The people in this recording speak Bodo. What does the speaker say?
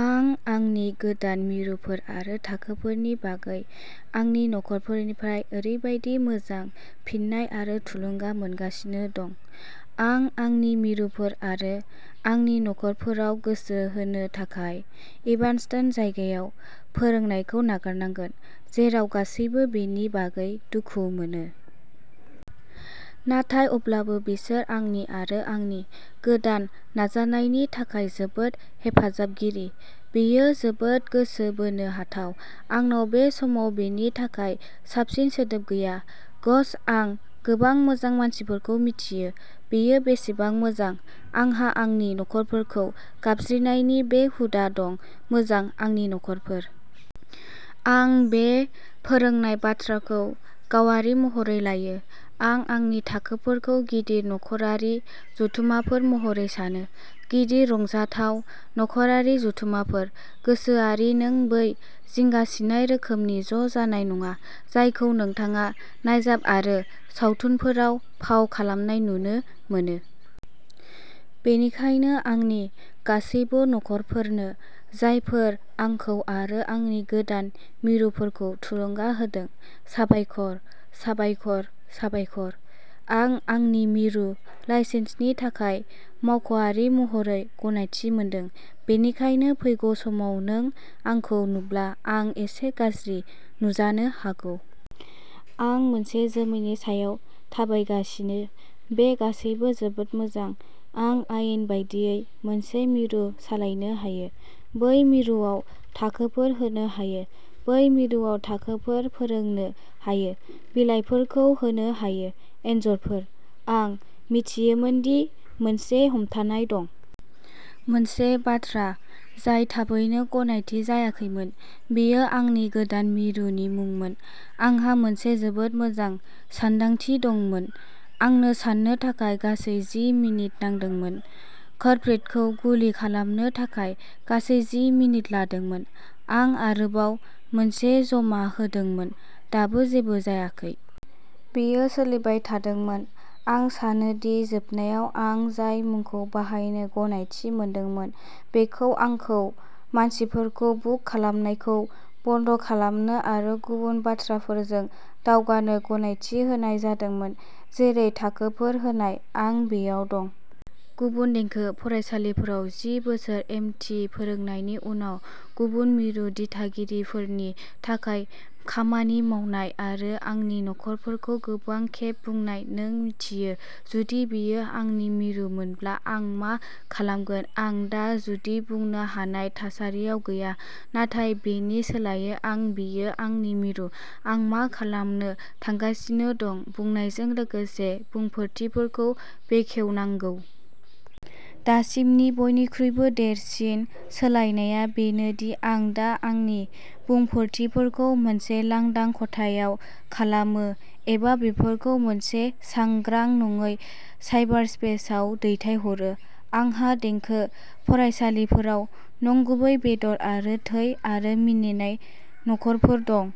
आं आंनि गोदान मिरुफोर आरो थाखोफोरनि बागै आंनि नखरफोरनिफ्राय ओरैबादि मोजां फिननाय आरो थुलुंगा मोनगासिनो दं। आं आंनि मिरुफोर आरो आंनि नखरफोराव गोसो होनो थाखाय इभान्सटन जायगायाव फोरोंनायखौ नागारनांगोन, जेराव गासैबो बेनि बागै दुखु मोनो। नाथाय अब्लाबो, बिसोर आंनि आरो आंनि गोदान नाजानायनि थाखाय जोबोद हेफाजाबगिरि। बेयो जोबोद गोसो बोनो हाथाव, आंनाव बे समाव बेनि थाखाय साबसिन सोदोब गैया। ग'श, आं गोबां मोजां मानसिफोरखौ मिथियो, बेयो बेसेबां मोजां आंहा आंनि नखरफोरखौ गाबज्रिनायनि बे हुदा दं, मोजां, आंनि नखरफोर। आं बे फोरोंनाय बाथ्राखौ गावारि महरै लायो। आं आंनि थाखोफोरखौ गिदिर नखरारि जथुमाफोर महरै सानो। गिदिर, रंजाथाव नखरारि जथुमफोर, गोसोआरि। नों, बै जिंगासिनाय रोखोमनि ज' जानाय नङा जायखौ नोंथाङा नायजाब आरो सावथुनफोराव फाव खालामनाय नुनो मोनो। बेनिखायनो, आंनि गासिबो नखरफोरनो जायफोरा आंखौ आरो आंनि गोदान मिरुफोरखौ थुलुंगा होदों, साबायखर, साबायखर, साबायखर। आं आंनि मिरु लाइसेन्सनि थाखाय मावख'आरि महरै गनायथि मोनदों, बेनिखायनो फैगौ समाव नों आंखौ नुब्ला आं एसे गाज्रि नुजानो हागौ। आं मोनसे जोमैनि सायाव थाबायगासिनो, बे गासैबो जोबोद मोजां। आं आयेन बायदियै मोनसे मिरु सालायनो हायो, बै मिरुआव थाखोफोर होनो हायो, बै मिरुआव थाखोफोर फोरोंनो हायो, बिलाइफोरखौ होनो हायो। एनजरफोर, आं मिथियोमोन दि मोनसे हमथानाय दं। मोनसे बाथ्रा जाय थाबैनो गनायथि जायाखैमोन बेयो आंनि गोदान मिरुनि मुंमोन। आंहा मोनसे जोबोद मोजां सानदांथि दंमोन, आंनो साननो थाखाय गासै जि मिनिट नांदोंमोन, कर्परेटखौ गुलि खालामनो थाखाय गासै जि मिनिट लादोंमोन। आं आरोबाव मोनसे जमा होदोंमोन, दाबो जेबो जायाखै। बेयो सोलिबाय थादोंमोन। आं सानो दि जोबनायाव आं जाय मुंखौ बाहायनो गनायथि मोनदोंमोन बेखौ आंखौ मानसिफोरखौ बुग खालामनायखौ बन्द खालामनो आरो गुबुन बाथ्राफोरजों दावगानो गनायथि होनाय जादोंमोन, जेरै थाखोफोर होनाय। आं बेयाव दं। गुबुन देंखो फरायसालिफोराव जि बोसोर एम टि फोरोंनायनि उनाव, गुबुन मिरु दिथागिरिफोरनि थाखाय खामानि मावनाय, आरो आंनि नखरफोरखौ गोबां खेब बुंनाय, नों मिन्थियो, जुदि बेयो आंनि मिरुमोनब्ला, आं मा खालामगोन आं दा जुदि बुंनो हानाय थासारियाव गैया नाथाय बेनि सोलायै आं बेयो आंनि मिरु, आं मा खालामनो थांगासिनो दं बुंनायजों लोगोसे बुंफोरथिफोरखौ बेखेवनांगौ। दासिमनि बयनिख्रुइबो देरसिन सोलायनायआ बेनो दि आं दा आंनि बुंफोरथिफोरखौ मोनसे लांदां खथायाव खालामो एबा बेफोरखौ मोनसे सांग्रां नङै साइबारस्पेसआव दैथायहरो। आंहा देंखो फरायसालिफोराव नंगुबै बेदर आरो थै आरो मिनिनाय नखरफोर दं।